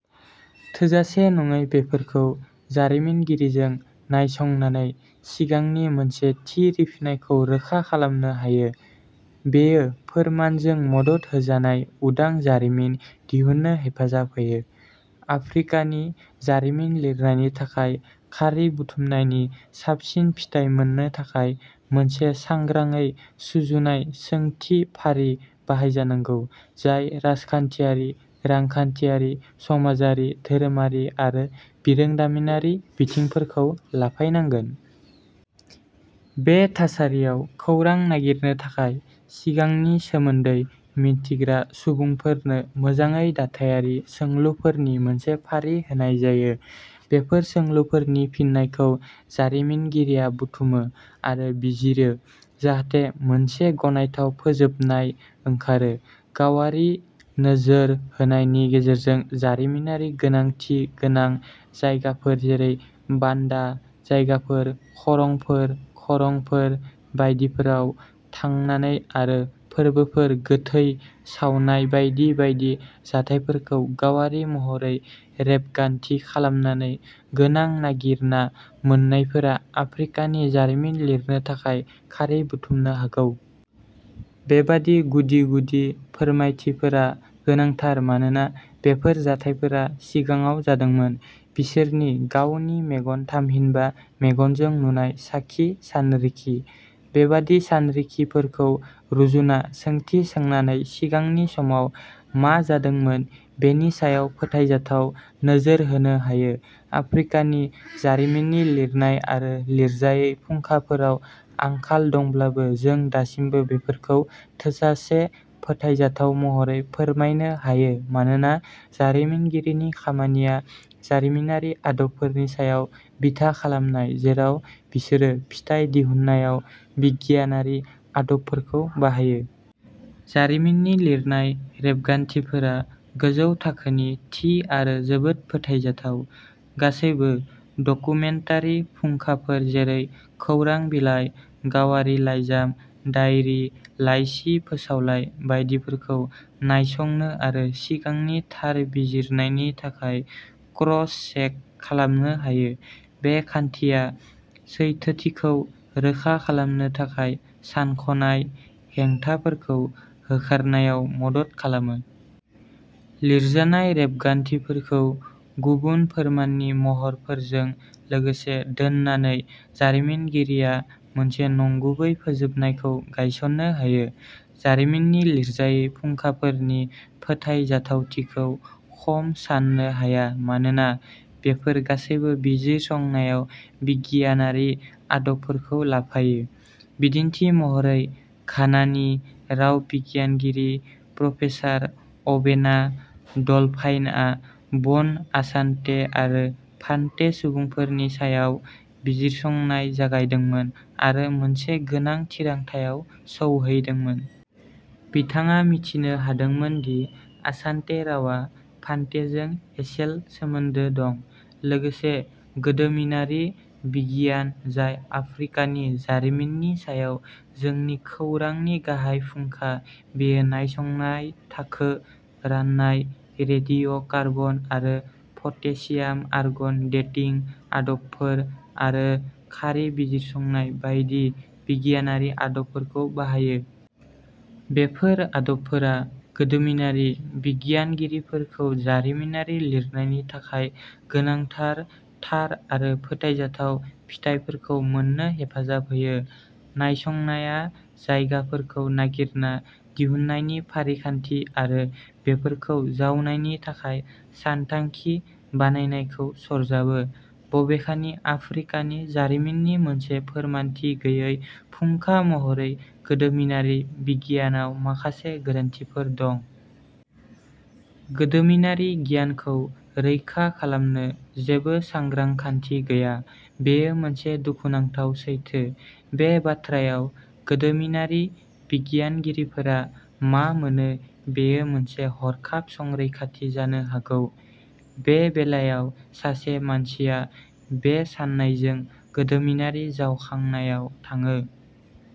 थोजासे नङै बेफोरखौ जारिमिनगिरिजों नायसंनानै सिगांनि मोनसे थि रिफिनायखौ रोखा खालामनो हायो। बेयो फोरमानजों मदद होजानाय उदां जारिमिन दिहुन्नो हेफाजाब होयो। आफ्रिकानि जारिमिन लिरनायनि थाखाय खारि बुथुमनायनि साबसिन फिथाय मोननो थाखाय मोनसे सांग्राङै सुजुनाय सोंथि फारि बाहायजानांगौ जाय राजखान्थियारि रांखान्थियारि समाजारि धोरोमारि आरो बिरोंदामिनारि बिथिंफोरखौ लाफायनांगोन। बे थासारियाव खौरां नागिरनो थाखाय सिगांनि सोमोन्दै मिन्थिग्रा सुबुंफोरनो मोजाङै दाथायारि सोंलुफोरनि मोनसे फारि होनाय जायो। बेफोर सोंलुफोरनि फिननायखौ जारिमिनगिरिया बुथुमो आरो बिजिरो जाहाथे मोनसे गनायथाव फोजोबनाय ओंखारो गावारि नोजोर होनायनि गेजेरजों जारिमिनारि गोनांथि गोनां जायगाफोर जेरै बान्दा जायगाफोर खरंफोर खरंफोर बायदिफोराव थांनानै आरो फोरबोफोर गोथै सावनाय बायदि बायदि जाथायफोरखौ गावारि महरै रेबगान्थि खालामनानै गोनां नागिरना मोन्नायफोरा आफ्रिकानि जारिमिन लिरनो थाखाय खारि बुथुमनो हागौ। बेबादि गुदि-गुदि फोरमायथिफोरा गोनांथार मानोना बेफोर जाथायफोरा सिगाङाव जादोंमोन। बिसोरनि गावनि मेगन थामहिनबा मेगनजों नुनाय साखि सानरिखि। बेबादि सानरिखिफोरखौ रुजुना सोंथि सोंनानै सिगांनि समाव मा जादोंमोन बेनि सायाव फोथायजाथाव नोजोर होनो हायो। आफ्रिकानि जारिमिननि लिरनाय आरो लिरजायै फुंखाफोराव आंखाल दंब्लाबो जों दासिमबो बेफोरखौ थोजासे फोथायजाथाव महरै फोरमायनो हायो मानोना जारिमिनगिरिनि खामानिया जारिमिनारि आदबफोरनि सायाव बिथा खालामनाय जेराव बिसोरो फिथाइ दिहुननायाव बिगियानारि आदबफोरखौ बाहायो। जारिमिननि लिरनाय रेबगान्थिफोरा गोजौ थाखोनि थि आरो जोबोद फोथायजाथाव। गासैबो डकुमेन्टारि फुंखाफोर जेरै खौरां बिलाइ गावारि लाइजाम दाइरि लाइसि फोसावलाइ बायदिफोरखौ नायसंनो आरो सिगांनि थार बिजिरनायनि थाखाय क्रस चेक खालामनो हायो। बे खान्थिया सैथोथिखौ रोखा खालामनो थाखाय सानख'नाय, हेंथाफोरखौ होखारनायाव मदद खालामो। लिरजानाय रेबगान्थिफोरखौ गुबुन फोरमाननि महरफोरजों लोगोसे दोननानै जारिमिनगिरिया मोनसे नंगुबै फोजोबनायखौ गायसननो हायो। जारिमिननि लिरजायै फुंखाफोरनि फोथायजाथावथिखौ खम सान्नो हाया मानोना बेफोर गासैबो बिजिरसंनायाव बिगियानारि आदबफोरखौ लाफायो। बिदिन्थि महरै घानानि राव बिगियानगिरि प्रफेसार अबेना डल्फाइनआ बन आसान्ते आरो फान्ते सुबुंफोरनि सायाव बिजिरसंनाय जागायदोंमोन आरो मोनसे गोनां थिरांथायाव सौहैदोंमोन। बिथाङा मिथिनो हादोंमोन दि आसान्ते रावआ फान्तेजों एसेल सोमोन्दो दं। लोगोसे गोदोमिनारि बिगियान जाय आफ्रिकानि जारिमिननि सायाव जोंनि खौरांनि गाहाय फुंखा बेयो नायसंनाय थाखो राननाय रेडिय'कार्बन आरो पटेसियाम आर्गन डेटिं आदबफोर आरो खारि बिजिरसंनाय बायदि बिगियानारि आदबफोरखौ बाहायो। बेफोर आदबफोरा गोदोमिनारि बिगियानगिरिफोरखौ जारिमिनारि लिरनायनि थाखाय गोनांथार थार आरो फोथायजाथाव फिथाइफोरखौ मोननो हेफाजाब होयो। नायसंनाया जायगाफोरखौ नागिरना दिहुननायनि फारिखान्थि आरो बेफोरखौ जावनायनि थाखाय सानथांखि बानायनायखौ सरजाबो। बबेखानि आफ्रिकानि जारिमिननि मोनसे फोरमानथि गैयै फुंखा महरै गोदोमिनारि बिगियानाव माखासे गोरोन्थिफोर दं। गोदोमिनारि गियानखौ रैखा खालामनो जेबो सांग्रां खान्थि गैया बेयो मोनसे दुखुनांथाव सैथो। बे बाथ्रायाव गोदोमिनारि बिगियानगिरिफोरा मा मोनो बेयो मोनसे हरखाब संरैखाथि जानो हागौ। बे बेलायाव सासे मानसिया बे साननायजों गोदोमिनारि जावखांनायाव थाङो।